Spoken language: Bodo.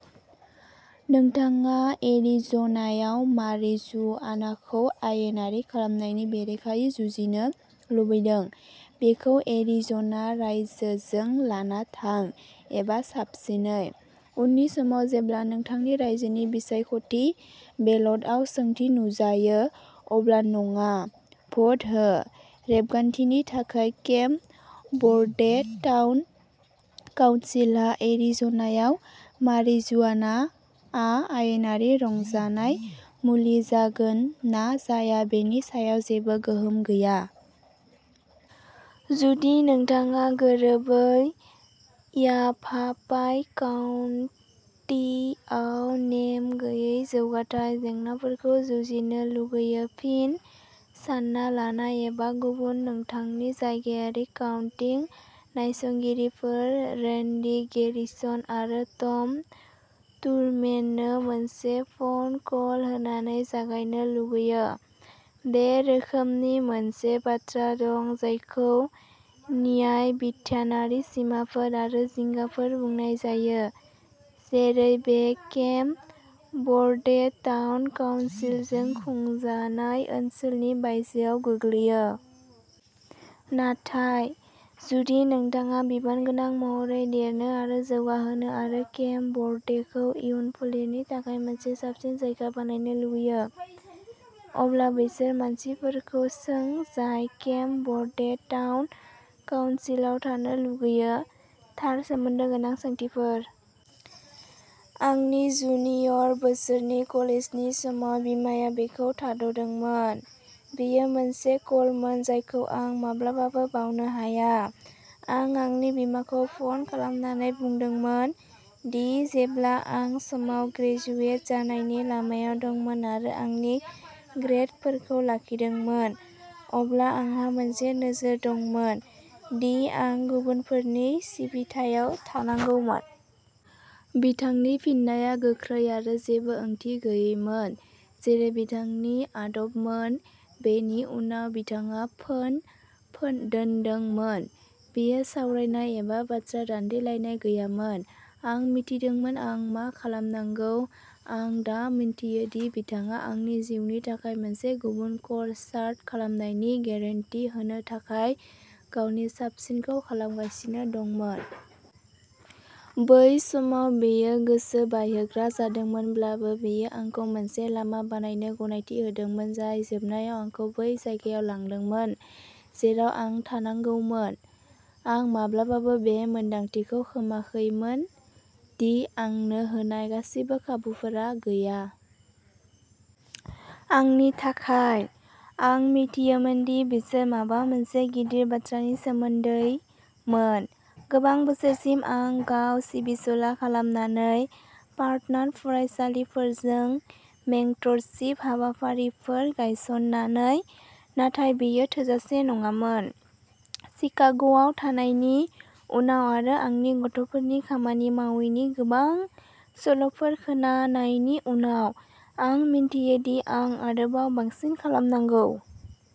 नोंथाङा एरिज'नायाव मारिजुआनाखौ आयेनारि खालामनायनि बेरेखायै जुजिनो लुबैदों, बेखौ एरिज'ना रायजोजों लाना थां, एबा साबसिनै, उननि समाव जेब्ला नोंथांनि रायजोनि बिसायख'थि बेलटआव सोंथि नुजायो, अब्ला "नङा" भ'ट हो। रेबगान्थिनि थाखाय, केम्प वर्दे टाउन काउन्सिलहा एरिज'नायाव मारिजुआनाआ आयेनारि रंजानाय मुलि जागोन ना जाया बेनि सायाव जेबो गोहोम गैया। जुदि नोंथाङा गोरोबै याभापाइ काउन्टिआव नेम गैयै जौगाथाय जेंनाफोरखौ जुजिनो लुगैयो-फिन, सानना लानाय एबा गुबुन-नोंथांनि जायगायारि काउन्टि नायसंगिरिफोर रेन्डी गेरिसन आरो टम थुरमेननो मोनसे फ'न कल होनानै जागायनो लुगैयो। बे रोखोमनि मोनसे बाथ्रा दं जायखौ न्यायबिधानारि सिमाफोर आरो जिंगाफोर बुंनाय जायो, जेरै बे केम्प वर्दे टाउन काउन्सिलजों खुंजानाय ओनसोलनि बायजोआव गोग्लैयो। नाथाय, जुदि नोंथाङा बिबानगोनां महरै देरनो आरो जौगाहोनो आरो केम्प वर्देखौ इयुन फोलेरनि थाखाय मोनसे साबसिन जायगा बानायनो लुगैयो, अब्ला बैसोर मानसिफोरखौ सों जाय केम्प वर्दे टाउन काउन्सिलाव थानो लुगैयो, थार सोमोन्दो गोनां सोंथिफोर। आंनि जुनियर बोसोरनि कलेजनि समाव बिमाया बेखौ थाद'दोंमोन। बेयो मोनसे कलमोन जायखौ आं माब्लाबाबो बावनो हाया। आं आंनि बिमाखौ फन खालामनानै बुंदोंमोन दि जेब्ला आं समाव ग्रेजुवेट जानायनि लामायाव दंमोन आरो आंनि ग्रेदफोरखौ लाखिदोंमोन, अब्ला आंहा मोनसे नोजोर दंमोन दि आं गुबुनफोरनि सिबिथायाव थानांगौमोन। बिथांनि फिननाया गोख्रै आरो जेबो ओंथि गैयैमोन, जेरै बिथांनि आदबमोन। बेनि उनाव, बिथाङा फोन दोनदोंमोन। जेबो सावरायनाय एबा बाथ्रा दान्थेलायनाय गैयामोन। आं मिथिदोंमोन आं मा खालामनांगौ। आं दा मिन्थियो दि बिथाङा आंनि जिउनि थाखाय मोनसे गुबुन कर्स चार्ट खालामनायनि गेरेन्टि होनो थाखाय गावनि साबसिनखौ खालामगासिनो दंमोन। बै समाव बेयो गोसो बायहोग्रा जादोंमोनब्लाबो, बेयो आंखौ मोनसे लामा बानायनो गनायथि होदोंमोन जाय जोबनायाव आंखौ बै जायगायाव लांदोंमोन जेराव आं थानांगौमोन। आं माब्लाबाबो बे मोन्दांथिखौ खोमाखैमोन दि आंनो होनाय गासैबो खाबुफोरा गैया। आंनि थाखाय। आं मिथियोमोन दि बिसोर माबा मोनसे गिदिर बाथ्रानि सोमोन्दैमोन। गोबां बोसोरसिम आं गाव सिबिसुला खालामनानै, पार्टनार फरायसालिफोरजों मेंटरशिप हाबाफारिफोर गायस'ननानै, नाथाय बेयो थोजासे नङामोन। शिकाग'आव थानायनि उनाव आरो आंनि गथ'फोरनि खामानि मावैनि गोबां सल'फोर खोनानायनि उनाव, आं मिन्थियो दि आं आरोबाव बांसिन खालामनांगौ।